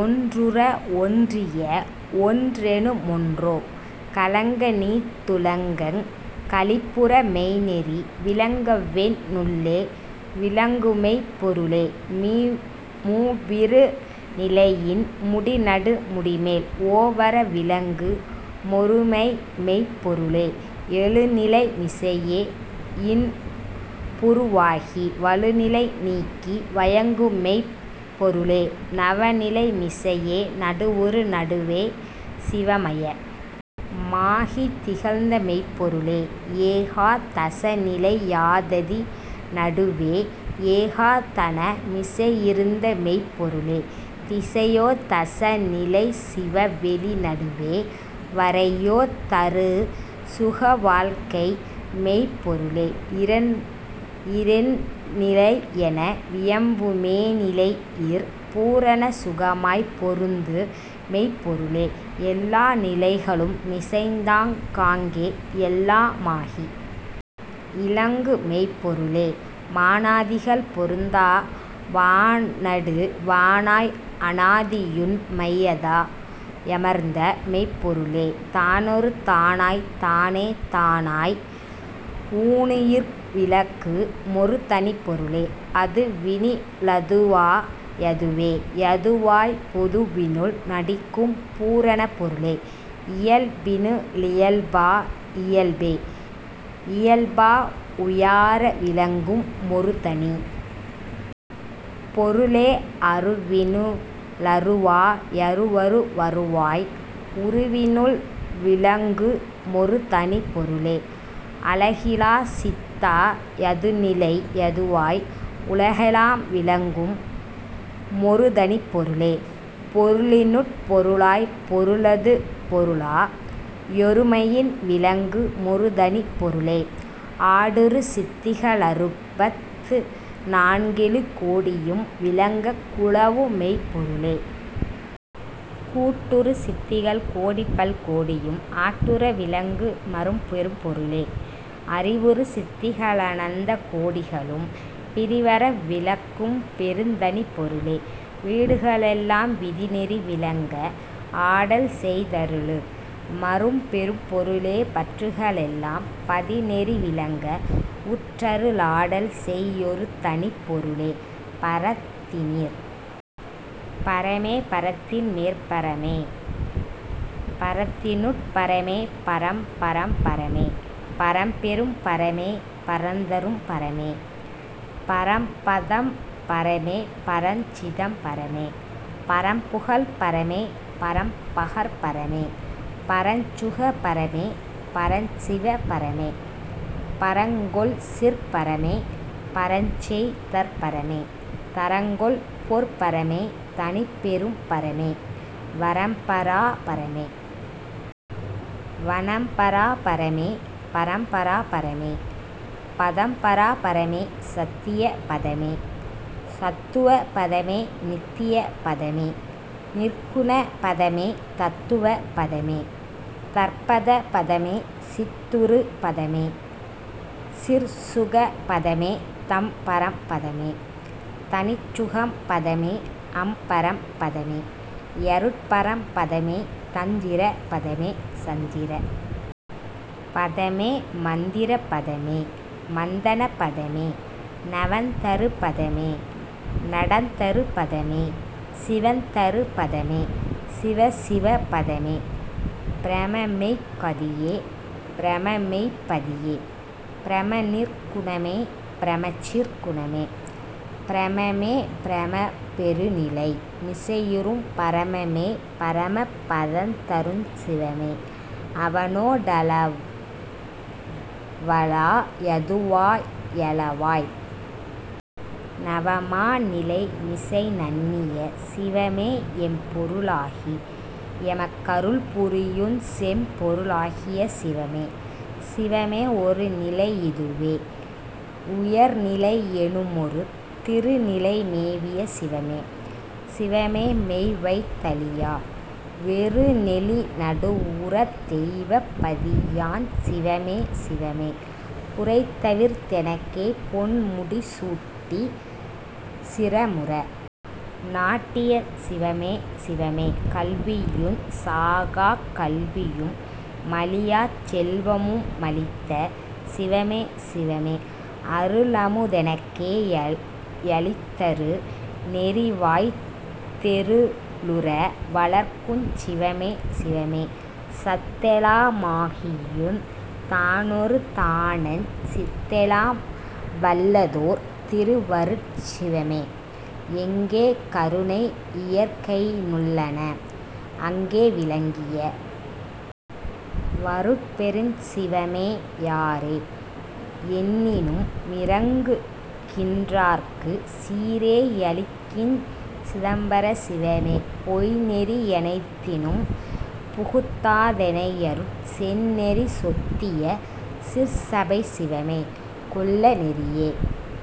ஒன்றுற வொன்றிய வொன்றெனு மொன்றே களங்கநீத் துலகங் களிப்புற மெய்நெறி விளங்கவென் னுள்ளே விளங்குமெய்ப் பொருளே மூவிரு நிலையின் முடிநடு முடிமேல் ஓவற விளங்கு மொருமைமெய்ப் பொருளே எழுநிலை மிசையே யின்புரு வாகி வழுநிலை நீக்கி வயங்குமெய்ப் பொருளே நவநிலை மிசையே நடுவுறு நடுவே சிவமய மாகித் திகழ்ந்தமெய்ப் பொருளே ஏகா தசநிலை யாததி னடுவே ஏகா தனமிசை யிருந்தமெய்ப் பொருளே திரையோ தசநிலை சிவவெளி நடுவே வரையோ தருசுக வாழ்க்கைமெய்ப் பொருளே இரெண் ணிலையென வியம்புமே னிலையிற் பூரண சுகமாய்ப் பொருந்துமெய்ப் பொருளே எல்லா நிலைகளு மிசைந்தாங் காங்கே எல்லா மாகி யிலங்குமெய்ப் பொருளே மனாதிகள் பொருந்தா வானடு வானாய் அனாதியுண் மையதா யமர்ந்தமெய்ப் பொருளே தானொரு தானாய்த் தானே தானாய் ஊனுயிர் விளக்கு மொருதனிப் பொருளே அதுவினு ளதுவா யதுவே யதுவாய்ப் பொதுவினுள் நடிக்கும் பூரணப் பொருளே இயல்பினு ளியல்பா யியல்பே யியல்பா உயாற விளங்கு மொருதனிப் பொருளே அருவினு ளருவா யருவரு வருவாய் உருவினுள் விள்ங்கு மொருதனிப் பொருளே அலகிலாச் சித்தா யதுநிலை யதுவாய் உலகெலாம் விளங்கு மொருதனிப் பொருளே பொருளினுட் பொருளாய்ப் பொருளது பொருளா யொருமையின் விளங்கு மொருதனிப் பொருளே ஆடுறு சித்திக ளறுபத் துநான்கெழு கோடியும் விளங்கக் குலவுமெய்ப் பொருளே கூட்டுறு சித்திகள் கோடிபல் கோடியும் ஆட்டுற விளங்கு மரும்பெரும் பொருளே அறிவுறு சித்திக ளனந்தகோ டிகளும் பிறிவற விளக்கும் பெருந்தனிப் பொருளே வீடுக ளெல்லாம் விதிநெறி விளங்க ஆடல்செய் தருளு மரும்பெரும் பொருளே பற்றுக ளெல்லாம் பதிநெறி விளங்க உற்றரு ளாடல்செய் யொருதனிப் பொருளே பரத்தினிற் பரமே பரத்தின்மேற் பரமே பரத்தினுட் பரமே பரம்பரம் பரமே பரம்பெறும் பரமே பரந்தரும் பரமே பரம்பதம் பரமே பரஞ் சிதம்பரமே பரம்புகழ் பரமே பரம்பகர் பரமே பரஞ்சுக பரமே பரஞ்சிவ பரமே பரங்கொள் சிற்பரமே பரஞ்செய் தற்பரமே தரங்கொள் பொற்பரமே தனிப்பெரும் பரமே வரம்பரா பரமே வணம்பரா பரமே பரம்பரா பரமே பதம்பரா பரமே சத்திய பதமே சத்துவ பதமே நித்திய பதமே நிற்குண பதமே தத்துவ பதமே தற்பத பதமே சித்துறு பதமே சிற்சுக பதமே தம்பரம் பதமே தனிச்சுகம் பதமே அம்பரம் பதமே யருட்பரம் பதமே தந்திர பதமே சந்திர பதமே மந்திர பதமே மந்தண பதமே நவந்தரு பதமே நடந்தரு பதமே சிவந்தரு பதமே சிவசிவ பதமே பிரமமெய்க் கதியே பிரமமெய்ப் பதியே பிரமநிற் குணமே பிரமசிற் குணமே பிரமமே பிரமப் பெருநிலை மிசையுறும் பரமமே பரம பதந்தருஞ் சிவமே அவனோ டவளா யதுவா யலவாய் நவமா நிலைமிசை நண்ணிய சிவமே எம்பொரு ளாகி யெமக்கருள் புரியுஞ் செம்பொரு ளாகிய சிவமே சிவமே ஒருநிலை யிதுவே வுயர்நிலை யெனுமொரு திருநிலை மேவிய சிவமே சிவமே மெய்வைத் தழியா வெறுவெளி நடுவுற தெய்வப் பதியாஞ் சிவமே சிவமே புரைதவிர்த் தெனக்கே பொன்முடி சூட்டிச் சிரமுற நாட்டிய சிவமே சிவமே கல்வியுஞ் சாகாக் கல்வியு மழியாச் செல்வமு மளித்த சிவமே சிவமே அருளமு தெனக்கே யளித்தரு ணெறிவாய்த் தெருளுற வளர்க்குஞ் சிவமே சிவமே சத்தெலா மாகியுந் தானொரு தானாஞ் சித்தெலாம் வல்லதோர் திருவருட் சிவமே எங்கே கருணை யியற்கையி னுள்ளன அங்கே விளங்கிய வருட்பெருஞ் சிவமே யாரே யென்னினு மிரங்குகின் றார்க்குச் சீரே யளிக்கிஞ் சிதம்பர சிவமே பொய்ந்நெறி யனைத்தினும் புகுத்தா தெனையருட் செந்நெறி சொத்திய சிற்சபைச் சிவமே கொல்ல நெறியே